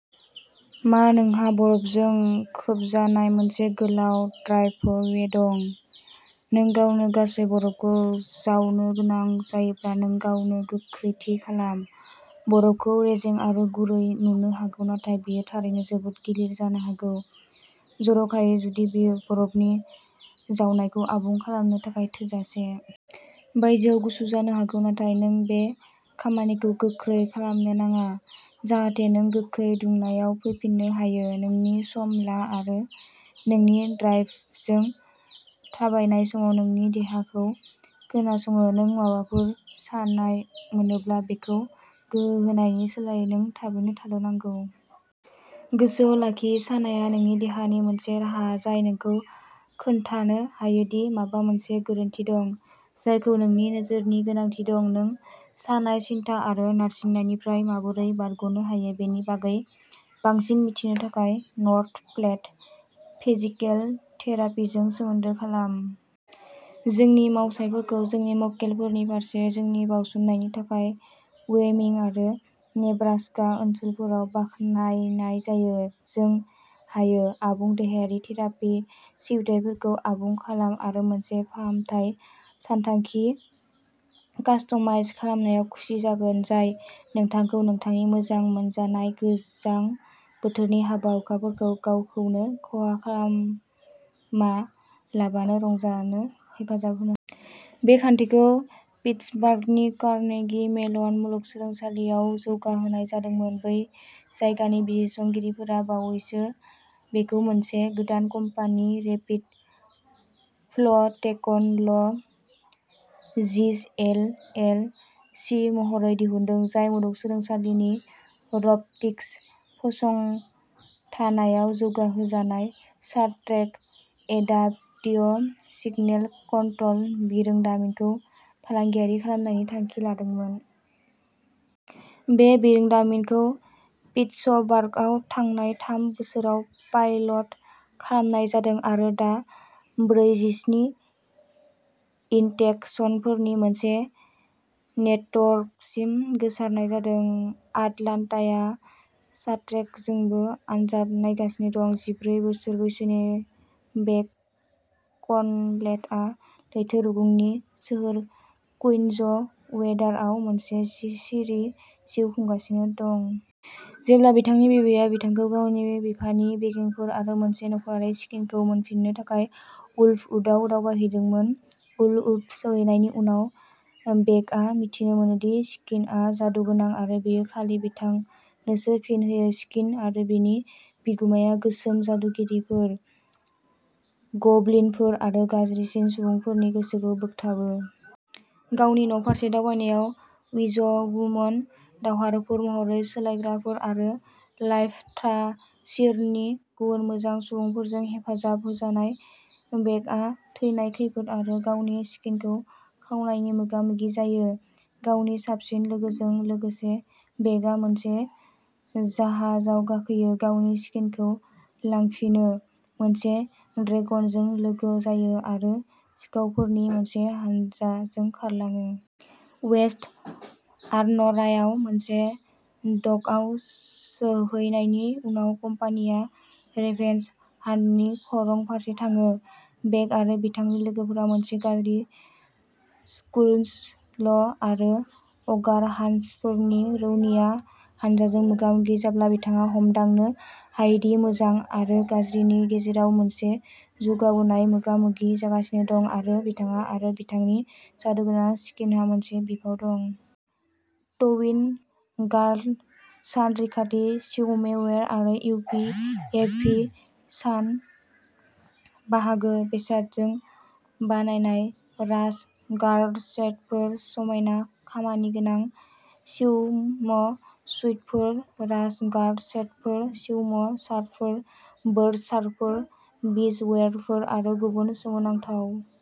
मा नोंहा बरफजों खोबजानाय मोनसे गोलाव ड्राइभवे दं? नों गावनो गासै बरफखौ जावनो गोनां जायोब्ला नों गावनो गोख्रैथि खालाम। बरफखौ रेजें आरो गुरै नुनो हागौ नाथाय बेयो थारैनो जोबोद गिलिर जानो हागौ। जर'खायै जुदि बेयो बरफनि जावनायखौ आबुं खालामनो थाखाय थोजासे। बायजोआव गुसु जानो हागौ नाथाय नों बे खामानिखौ गोख्रै खालामनो नाङा जाहाथे नों गोख्रै दुंनायाव फैफिननो हायो। नोंनि सम ला आरो नोंनि ड्राइभवेजों थाबायनाय समाव नोंनि देहाखौ खोनासङो। नों माबाफोर सानाय मोनोब्ला बेखौ गोहो होनायनि सोलायै नों थाबैनो थाद'नांगौ। गोसोआव लाखि सानाया नोंनि देहानि मोनसे राहा जाय नोंखौ खोन्थानो हायो दि माबा मोनसे गोरोन्थि दं। जायखौ नोंनि नोजोरनि गोनांथि दं नों सानाय सिनथा आरो नारसिननायनिफ्राय माबोरै बारग'नो हायो बेनि बागै बांसिन मिथिनो थाखाय नर्थ प्लेट फिजिकेल थेरापिजों सोमोन्दो खालाम। जोंनि मावसाफोरखौ जोंनि मक्केलफोरनि फारसे जोंनि बाउसोमनायनि थाखाय व'य'मिं आरो नेब्रास्का ओनसोलफोराव बाखनायनाय जायो। जों हायो। आबुं देहायारि थेरापि सिबिथाइफोरखौ आबुं खालाम आरो मोनसे फाहामथाय सानथांखि कास्टमाइज खालामनायाव खुसि जागोन जाय नोंथांखौ नोंथांनि मोजां मोनजानाय गोजां बोथोरनि हाबा-हुखाफोरखौ गावखौनो खहा खालामालाबानो रंजानो हेफाजाब होनो हागौ। बे खान्थिखौ पिटसबार्गनि कारनेगि मेलन मुलुगसोलोंसालियाव जौगाहोनाय जादोंमोन। बै जायगानि बिजिरसंगिरिफोरा बावैसो बेखौ मोनसे गोदान company rapid flow technologies L. L. C. महरै दिहुनदों। जाय मुलुगसोलोंसालिनि रब'टिक्स फसंथानाव जौगाहोजानाय सारट्रेक एडाप्टिव सिगनेल कन्ट्र'ल बिरोंदामिनखौ फालांगियारि खालामनायनि थांखि लादोंमोन। बे बिरोंदामिनखौ पिटसबार्गआव थांनाय थाम बोसोराव पाइलट खालामनाय जादों आरो दा ब्रैजिस्नि इन्टेक्सनफोरनि मोनसे नेटवर्कसिम गोसारनाय जादों। आटलान्टाया सार्ट्रेकजोंबो आनजाद नायगासिनो दं। जिब्रै बोसोर बैसोनि बेक कनलेथआ लैथो रुगुंनि सोहोर कुइन'ज वेदारआव मोनसे सिरि जिउ खुंगासिनो दं। जेब्ला बिथांनि बिबैया बिथांखौ गावनि बिफानि बेगेंफोर आरो मोनसे नख'रारि स्कियन खौ मोनफिननो थाखाय उल्फवुडआव दावबायहैदोंमोन। उल्फवुड सौहैनायनि उनाव बेकआ मिथिनो मोनो दि स्कियनआ जादुगोनां आरो बेयो खालि बिथांनोसो फिन होयो स्कीन आरो बेनि बिगुमाया गोसोम जादुगिरिफोर गब्लिनफोर आरो गाज्रिसिन सुबुंफोरनि गोसोखौ बोगथाबो। गावनि न'फारसे दावबायनायाव विजवुमन दावहारुफोर महर सोलायग्राफोर आरो लाइफथ्रासिरनि गुबुन मोजां सुबुंफोरजों हेफाजाब होजानाय बेकआ थैनाय खैफोद आरो गावनि स्कीनखौ खावनायनि मोगामोगि जायो। गावनि साबसिन लोगोजों लोगोसे बेकआ मोनसे जाहाजाव गाखोयो। गावनि स्कीनखौ लांफिनो मोनसे ड्रेगनजों लोगो जायो आरो सिखावफोरनि मोनसे हानजाजों खारलाङो। वेस्ट आर्न'रायाव मोनसे डकआव सौहैनायनि उनाव कम्पानिया रेभेन्स हान्टनि खरं फारसे थाङो। बेक आरो बिथांनि लोगोफोरा मोनसे गाज्रि स्कुलस'ल आरो अ'गारहान्चफोरनि रौनिया हानजाजों मोगा-मोगि जाब्ला बिथाङा हमदांनो हायो दि मोजां आरो गाज्रिनि गेजेराव मोनसे जौगाबोनाय मोगा-मोगि जागासिनो दं आरो बिथाङा आरो बिथांनि जादुगोनां स्कीनहा मोनसे बिफाव दं। टविन गार्ल सान रैखाथि स्विमवेर आरो इउ. पि. एफ. भि. सान बाहागो बेसादजों बानायनाय राश गार्ड सेटफोर। समायना खामानिगोनां स्विमसुइटफोर, राश गार्ड सेटफोर, स्विम शार्टफोर, बोर्ड शार्टफोर, बीचवेरफोर, आरो गुबुन सोमोनांथाव